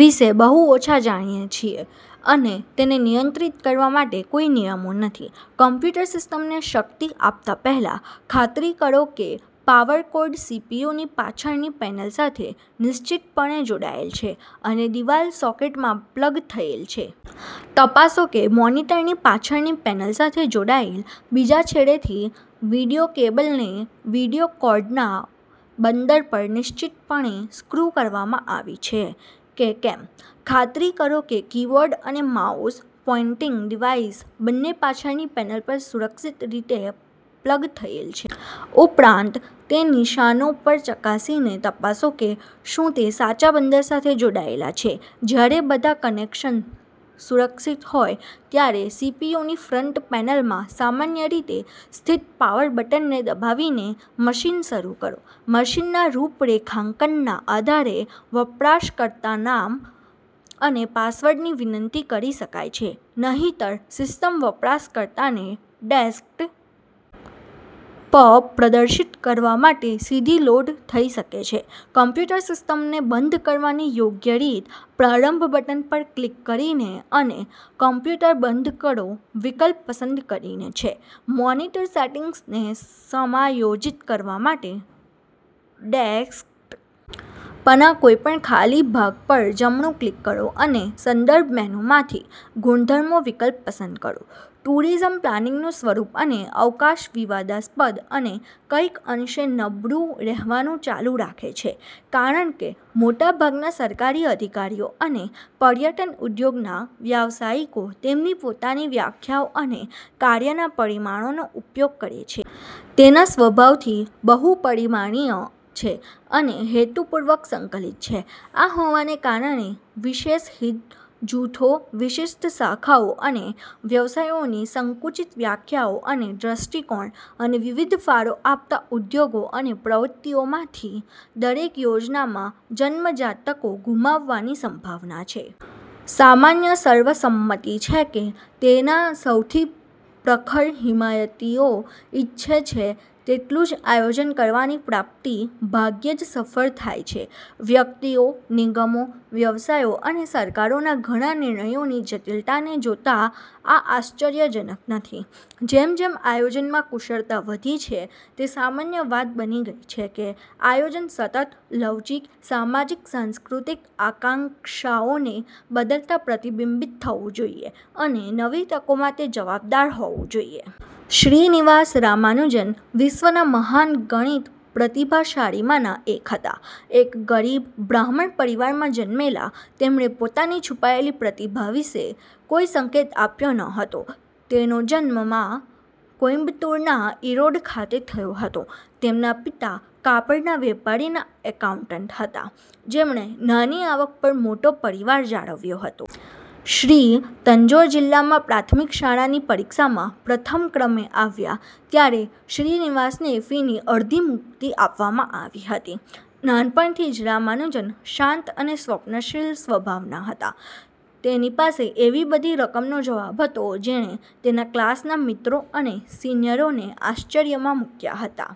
વિષે બહુ ઓછા જાણીએ છીએ, અને તેને નિયંત્રિત કરવા માટે કોઈ નિયમો નથી. કમ્પ્યુટર સિસ્ટમને શક્તિ આપતા પહેલાં, ખાતરી કરો કે પાવર કોર્ડ સીપીયુની પાછળની પેનલ સાથે નિશ્ચિતપણે જોડાયેલ છે અને દિવાલ સોકેટમાં પ્લગ થયેલ છે. તપાસો કે મોનિટરની પાછળની પેનલ સાથે જોડાયેલ બીજા છેડેથી વિડિઓ કેબલને વિડિઓ કોર્ડના બંદર પર નિશ્ચિતપણે સ્ક્રૂ કરવામાં આવી છે કે કેમ. ખાતરી કરો કે કીબોર્ડ અને માઉસ પોઇંટિંગ ડિવાઇસ બંને પાછળની પેનલ પર સુરક્ષિત રીતે પ્લગ થયેલ છે. ઉપરાંત, તે નિશાનો પર ચકાસીને તપાસો કે શું તે સાચા બંદર સાથે જોડાયેલા છે. જ્યારે બધા કનેક્શન્સ સુરક્ષિત હોય, ત્યારે સીપીયુની ફ્રન્ટ પેનલમાં સામાન્ય રીતે સ્થિત પાવર બટનને દબાવીને મશીન શરૂ કરો મશીનના રૂપરેખાંકનના આધારે, વપરાશકર્તાનામ અને પાસવર્ડની વિનંતી કરી શકાય છે; નહિંતર, સિસ્ટમ વપરાશકર્તાને ડેસ્કટ. પ પ્રદર્શિત કરવા માટે સીધી લોડ થઈ શકે છે. કમ્પ્યુટર સિસ્ટમને બંધ કરવાની યોગ્ય રીત 'પ્રારંભ' બટન પર ક્લિક કરીને અને '' કમ્પ્યુટર બંધ કરો 'વિકલ્પ પસંદ કરીને છે. મોનિટર સેટિંગ્સને સમાયોજિત કરવા માટે, ડેસ્કટ. પના કોઈપણ ખાલી ભાગ પર જમણું ક્લિક કરો અને સંદર્ભ મેનૂમાંથી 'ગુણધર્મો' વિકલ્પ પસંદ કરો. ટૂરિઝમ પ્લાનિંગનું સ્વરૂપ અને અવકાશ વિવાદાસ્પદ અને કંઈક અંશે નબળું રહેવાનું ચાલુ રાખે છે, કારણ કે મોટાભાગના સરકારી અધિકારીઓ અને પર્યટન ઉદ્યોગના વ્યવસાયિકો તેમની પોતાની વ્યાખ્યાઓ અને કાર્યના પરિમાણોનો ઉપયોગ કરે છે. તેના સ્વભાવથી બહુપરીમાણીય છે અને હેતુપૂર્વક સંકલિત છે. આ હોવાને કારણે, વિશેષ હિત જૂથો, વિશિષ્ટ શાખાઓ અને વ્યવસાયોની સંકુચિત વ્યાખ્યાઓ અને દ્રષ્ટિકોણ, અને વિવિધ ફાળો આપતા ઉદ્યોગો અને પ્રવૃત્તિઓમાંથી દરેક યોજનામાં જન્મજાત તકો ગુમાવવાની સંભાવના છે. સામાન્ય સર્વસંમતિ છે કે તેના સૌથી પ્રખર હિમાયતીઓ ઇચ્છે છે તેટલું જ આયોજન કરવાની પ્રાપ્તિ ભાગ્યે જ સફળ થાય છે. વ્યક્તિઓ, નિગમો, વ્યવસાયો અને સરકારોના ઘણા નિર્ણયોની જટિલતાને જોતા આ આશ્ચર્યજનક નથી. જેમ જેમ આયોજનમાં કુશળતા વધી છે, તે સામાન્ય વાત બની ગઈ છે કે આયોજન સતત, લવચીક, સામાજિક-સાંસ્કૃતિક આકાંક્ષાઓને બદલતા પ્રતિબિંબિત થવું જોઈએ અને નવી તકો માટે જવાબદાર હોવું જોઈએ. શ્રીનિવાસ રામાનુજન વિશ્વના મહાન ગણિત પ્રતિભાશાળીમાંના એક હતા. એક ગરીબ બ્રાહ્મણ પરિવારમાં જન્મેલા, તેમણે પોતાની છુપાયેલી પ્રતિભા વિશે કોઈ સંકેત આપ્યો ન હતો. તેનો જન્મ માં કોઈમ્બતુરના ઇરોડ ખાતે થયો હતો. તેમના પિતા કાપડના વેપારીના એકાઉન્ટન્ટ હતા જેમણે નાની આવક પર મોટો પરિવાર જાળવ્યો હતો. શ્રી તન્જોર જીલ્લામાં પ્રાથમિક શાળાની પરીક્ષામાં પ્રથમ ક્રમે આવ્યા ત્યારે શ્રીનિવાસને ફીની અડધી મુક્તિ આપવામાં આવી હતી. નાનપણથી જ રામાનુજન શાંત અને સ્વપ્નશીલ સ્વભાવના હતા. તેની પાસે એવી બધી રકમનો જવાબ હતો જેણે તેના ક્લાસના મિત્રો અને સિનિયરોને આશ્ચર્યમાં મુક્યા હતા.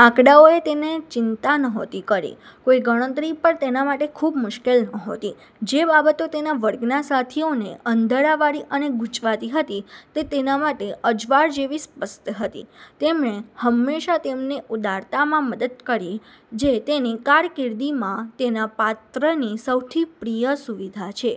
આંકડાઓએ તેને ચિંતા નહોતી કરી, કોઈ ગણતરી પણ તેના માટે ખૂબ મુશ્કેલ નહોતી. જે બાબતો તેના વર્ગના સાથીઓને અંધારાવાળી અને ગુંચવાતી હતી તે તેના માટે અજવાળ જેવી સ્પષ્ટ હતી. તેમણે હંમેશાં તેમને ઉદારતામાં મદદ કરી જે તેની કારકીર્દિમાં તેના પાત્રની સૌથી પ્રિય સુવિધા છે.